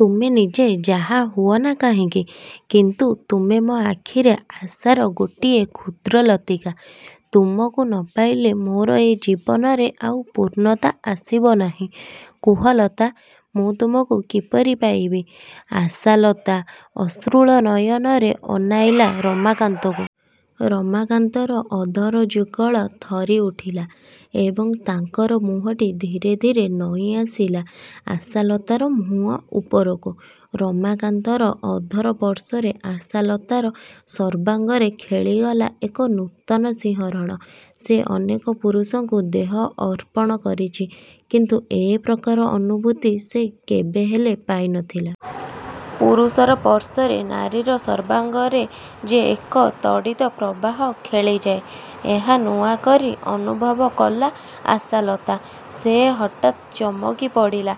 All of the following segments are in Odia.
ତୁମେ ନିଜେ ଯାହା ହୁଅନା କାହିଁକି; କିନ୍ତୁ ତୁମେ ମୋ ଆଖିରେ ଆଶାର ଗୋଟିଏ କ୍ଷୁଦ୍ର ଲତିକା। ତୁମକୁ ନ ପାଇଲେ ମୋର ଏ ଜୀବନରେ ଆଉ ପୂର୍ଣ୍ଣତା ଆସିବ ନାହିଁ। କୁହ ଲତା! ମୁଁ ତୁମକୁ କିପରି ପାଇବି? '' ଆଶାଲତା ଅଶ୍ରୁଳ ନୟନରେ ଅନାଇଲା ରମାକାନ୍ତକୁ। ରମାକାନ୍ତର ଅଧର ଯୁଗଳ ଥରିଉଠିଲା ଏବଂ ତାଙ୍କର ମୁହଁଟି ଧୀରେ ଧୀରେ ନଇଁଆସିଲା ଆଶାଲତାର ମୁହଁ ଉପରକୁ। ରମାକାନ୍ତର ଅଧର ସ୍ପର୍ଶରେ ଆଶାଲତାର ସର୍ବାଙ୍ଗରେ ଖେଲିଗଲା ଏକ ନୂତନ ସିହରଣ। ସେ ଅନେକ ପୁରୁଷକୁ ଦେହ ଅର୍ପଣ କରିଛି କିନ୍ତୁ ଏ ପ୍ରକାର ଅନୁଭୂତି ସେ କେବେହେଲେ ପାଇ ନ ଥିଲା। ପୁରୁଷର ସ୍ପର୍ଶରେ ନାରୀର ସର୍ବାଙ୍ଗରେ ଯେ ଏକ ତଡ଼ିତ ପ୍ରବାହ ଖେଳିଯାଏ ଏହା ନୂଆକରି ଅନୁଭବ କଲା ଆଶାଲତା। ସେ ହଠାତ୍ ଚମକି ପଡ଼ିଲା।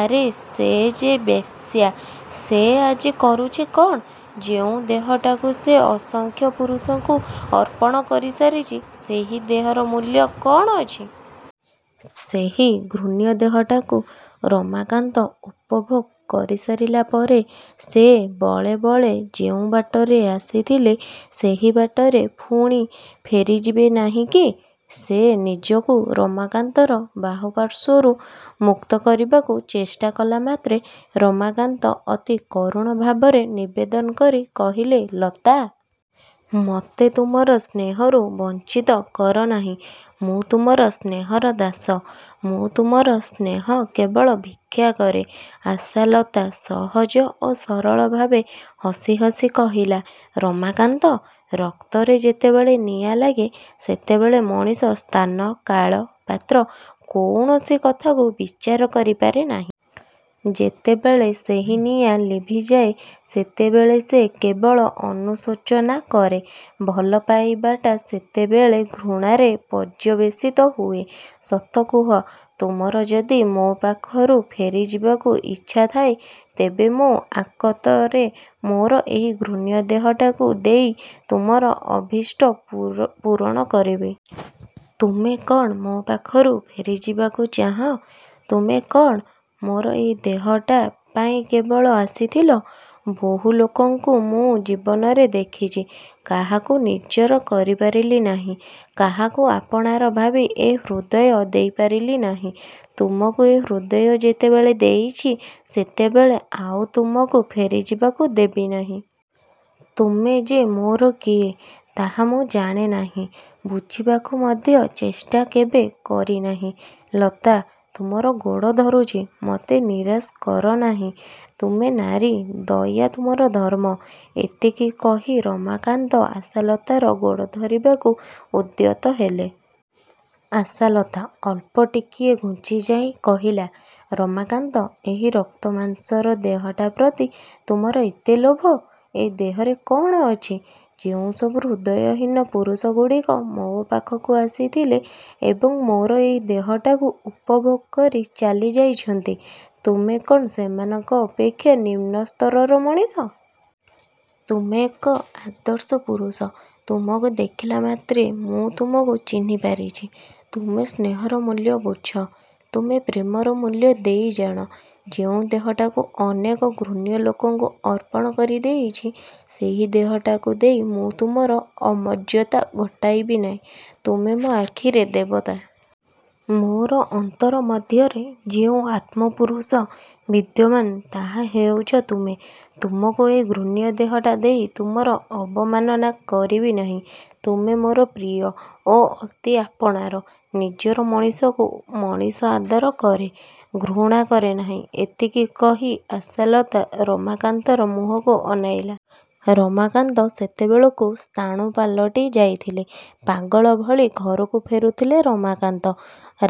ଆରେ ସେ ଯେ ବେଶ୍ୟା। ସେ ଆଜି କରୁଛି କ'ଣ? ଯେଉଁ ଦେହଟାକୁ ସେ ଅସଂଖ୍ୟ ପୁରୁଷକୁ ଅର୍ପଣ କରିସାରିଛି ସେହି ଦେହର ମୂଲ୍ୟ କ'ଣ ଅଛି? ସେହି ଘୃଣ୍ୟ ଦେହଟାକୁ ରମାକାନ୍ତ ଉପଭୋଗ କରିସାରିଲା ପରେ ସେ ବଳେ ବଳେ ଯେଉଁ ବାଟରେ ଆସିଥିଲେ ସେହି ବାଟରେ ପୁଣି ଫେରିଯିବେ ନାହିଁକି? ସେ ନିଜକୁ ରମାକାନ୍ତର ବାହୁପାଶରୁ ମୁକ୍ତ କରିବାକୁ ଚେଷ୍ଟା କଲାମାତ୍ରେ ରମାକାନ୍ତ ଅତି କରୁଣଭାବରେ ନିବେଦନ କରି କହିଲେ, ''ଲତା! ମୋତେ ତୁମର ସ୍ନେହରୁ ବଞ୍ଚିତ କରନାହିଁ। ମୁଁ ତୁମର ସ୍ନେହର ଦାସ। ମୁଁ ତୁମର ସ୍ନେହ କେବଳ ଭିକ୍ଷାକରେ। '' ଆଶାଲତା ସହଜ ଓ ସରଳ ଭାବେ ହସି ହସି କହିଲା, ''ରମାକାନ୍ତ! ରକ୍ତରେ ଯେତେବେଳେ ନିଆଁ ଲାଗେ ସେତେବେଳେ ମଣିଷ ସ୍ଥାନ, କାଳ, ପାତ୍ର କୌଣସି କଥାକୁ ବିଚାର କରିପାରେ ନାହିଁ। ଯେତେବେଳେ ସେହି ନିଆଁ ଲିଭିଯାଏ, ସେତେବେଳେ ସେ କେବଳ ଅନୁଶୋଚନା କରେ। ଭଲ ପାଇବାଟା ସେତେବେଳେ ଘୃଣାରେ ପର୍ଯ୍ୟବେସିତ ହୁଏ। ସତ କୁହ, ତୁମର ଯଦି ମୋ ପାଖରୁ ଫେରିଯିବାକୁ ଇଚ୍ଛାଥାଏ, ତେବେ ମୁଁ ଅକାତରରେ ମୋର ଏହି ଘୃଣ୍ୟଦେହଟାକୁ ଦେଇ ତୁମର ଅଭୀଷ୍ଟ ପୂରଣ କରିବି। ତୁମେ କ'ଣ ମୋ ପାଖରୁ ଫେରିଯିବାକୁ ଚାହଁ ତୁମେ କ'ଣ? ମୋର ଏହି ଦେହଟା ପାଇଁ କେବଳ ଆସିଥିଲ? ବହୁ ଲୋକଙ୍କୁ ମୁଁ ଜୀବନରେ ଦେଖିଛି। କାହାକୁ ନିଜର କରିପାରିଲି ନାହିଁ। କାହାକୁ ଆପଣାର ଭାବି ଏ ହୃଦୟ ଦେଇପାରିଲି ନାହିଁ। ତୁମକୁ ଏ ହୃଦୟ ଯେତେବେଳେ ଦେଇଛି ସେତେବେଳେ ଆଉ ତୁମକୁ ଫେରିଯିବାକୁ ଦେବିନାହିଁ। ତୁମେ ଯେ ମୋର କିଏ ତାହା ମୁଁ ଜାଣେ ନାହିଁ। ବୁଝିବାକୁ ମଧ୍ୟ ଚେଷ୍ଟା କେବେ କରିନାହିଁ। '' ''ଲତା! ତୁମର ଗୋଡ଼ ଧରୁଚି। ମୋତେ ନିରାଶ କର ନାହିଁ। ତୁମେ ନାରୀ। ଦୟା ତୁମର ଧର୍ମ। '' ଏତିକି କହି ରମାକାନ୍ତ ଆଶାଲତାର ଗୋଡ଼ ଧରିବାକୁ ଉଦ୍ୟତ ହେଲେ। ଆଶାଲତା ଅଳ୍ପ ଟିକିଏ ଘୁଞ୍ଚିଯାଇ କହିଲା, ''ରମାକାନ୍ତ! ଏହି ରକ୍ତମାଂସର ଦେହଟାପ୍ରତି ତୁମର ଏତେ ଲୋଭ? ଏ ଦେହରେ କ'ଣ ଅଛି? ଯେଉଁସବୁ ହୃଦୟହୀନ ପୁରୁଷଗୁଡ଼ିକ ମୋ ପାଖକୁ ଆସିଥିଲେ ଏବଂ ମୋର ଏହି ଦେହଟାକୁ ଉପଭୋଗ କରି ଚାଲିଯାଇଛନ୍ତି, ତୁମେ କ'ଣ ସେମାନଙ୍କ ଅପେକ୍ଷା ନିମ୍ନସ୍ତରର ମଣିଷ? ତୁମେ ଏକ ଆଦର୍ଶ ପୁରୁଷ-। ତୁମକୁ ଦେଖିଲା ମାତ୍ରେ ମୁଁ ତୁମକୁ ଚିହ୍ନିପାରିଛି। ତୁମେ ସ୍ନେହର ମୂଲ୍ୟ ବୁଝ। ତୁମେ ପ୍ରେମର ମୂଲ୍ୟ ଦେଇଜାଣ। ଯେଉଁ ଦେହଟାକୁ ଅନେକ ଘୃଣ୍ୟଲୋକଙ୍କୁ ଅର୍ପଣ କରିଦେଇଛି, ସେହି ଦେହଟାକୁ ଦେଇ ମୁଁ ତୁମର ଅମର୍ଯ୍ୟଦା ଘଟାଇବି ନାହିଁ। ତୁମେ ମୋ ଆଖିରେ ଦେବତା। ମୋର ଅନ୍ତର ମଧ୍ୟରେ ଯେଉଁ ଆତ୍ମପୁରୁଷ ବିଦ୍ୟମାନ ତାହା ହେଉଛ ତୁମେ। ତୁମକୁ ଏହି ଘୃଣ୍ୟଦେହଟା ଦେଇ ତୁମର ଅବମାନନା କରିବି ନାହିଁ। ତୁମେ ମୋର ପ୍ରିୟ ଓ ଅତି ଆପଣାର। ନିଜର ମଣିଷକୁ ମଣିଷ ଆଦର କରେ। ଘୃଣା କରେ ନାହିଁ। ଏତିକି କହି ଆଶାଲତା ରମାକାନ୍ତର ମୁହଁକୁ ଅନାଇଲା। ରମାକାନ୍ତ ସେତେବେଳକୁ ସ୍ଥାଣୁ ପାଲଟି ଯାଇଥିଲେ। ପାଗଳ ଭଳି ଘରକୁ ଫେରୁଥିଲେ ରମାକାନ୍ତ।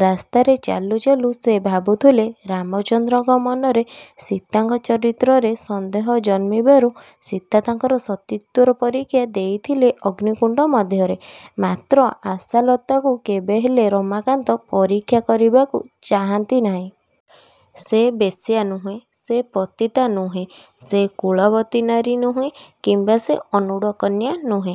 ରାସ୍ତାରେ ଚାଲୁ ଚାଲୁ ସେ ଭାବୁଥିଲେ ରାମଚନ୍ଦ୍ରଙ୍କ ମନରେ ସୀତାଙ୍କ ଚରିତ୍ରରେ ସନ୍ଦେହ ଜନ୍ମିବାରୁ ସୀତା ତାଙ୍କର ସତୀତ୍ୱର ପରୀକ୍ଷା ଦେଇଥିଲେ ଅଗ୍ନିକୁଣ୍ଡ ମଧ୍ୟରେ। ମାତ୍ର ଆଶାଲତାକୁ କେବେହେଲେ ରମାକାନ୍ତ ପରୀକ୍ଷା କରିବାକୁ ଚାହାଁନ୍ତି ନାହିଁ। ସେ ବେଶ୍ୟା ନୁହେଁ। ସେ ପତିତା ନୁହେଁ। ସେ କୁଳବତୀ ନାରୀ ନୁହେଁ କିମ୍ବା ସେ ଅନୂଢ଼ କନ୍ୟା ନୁହେଁ।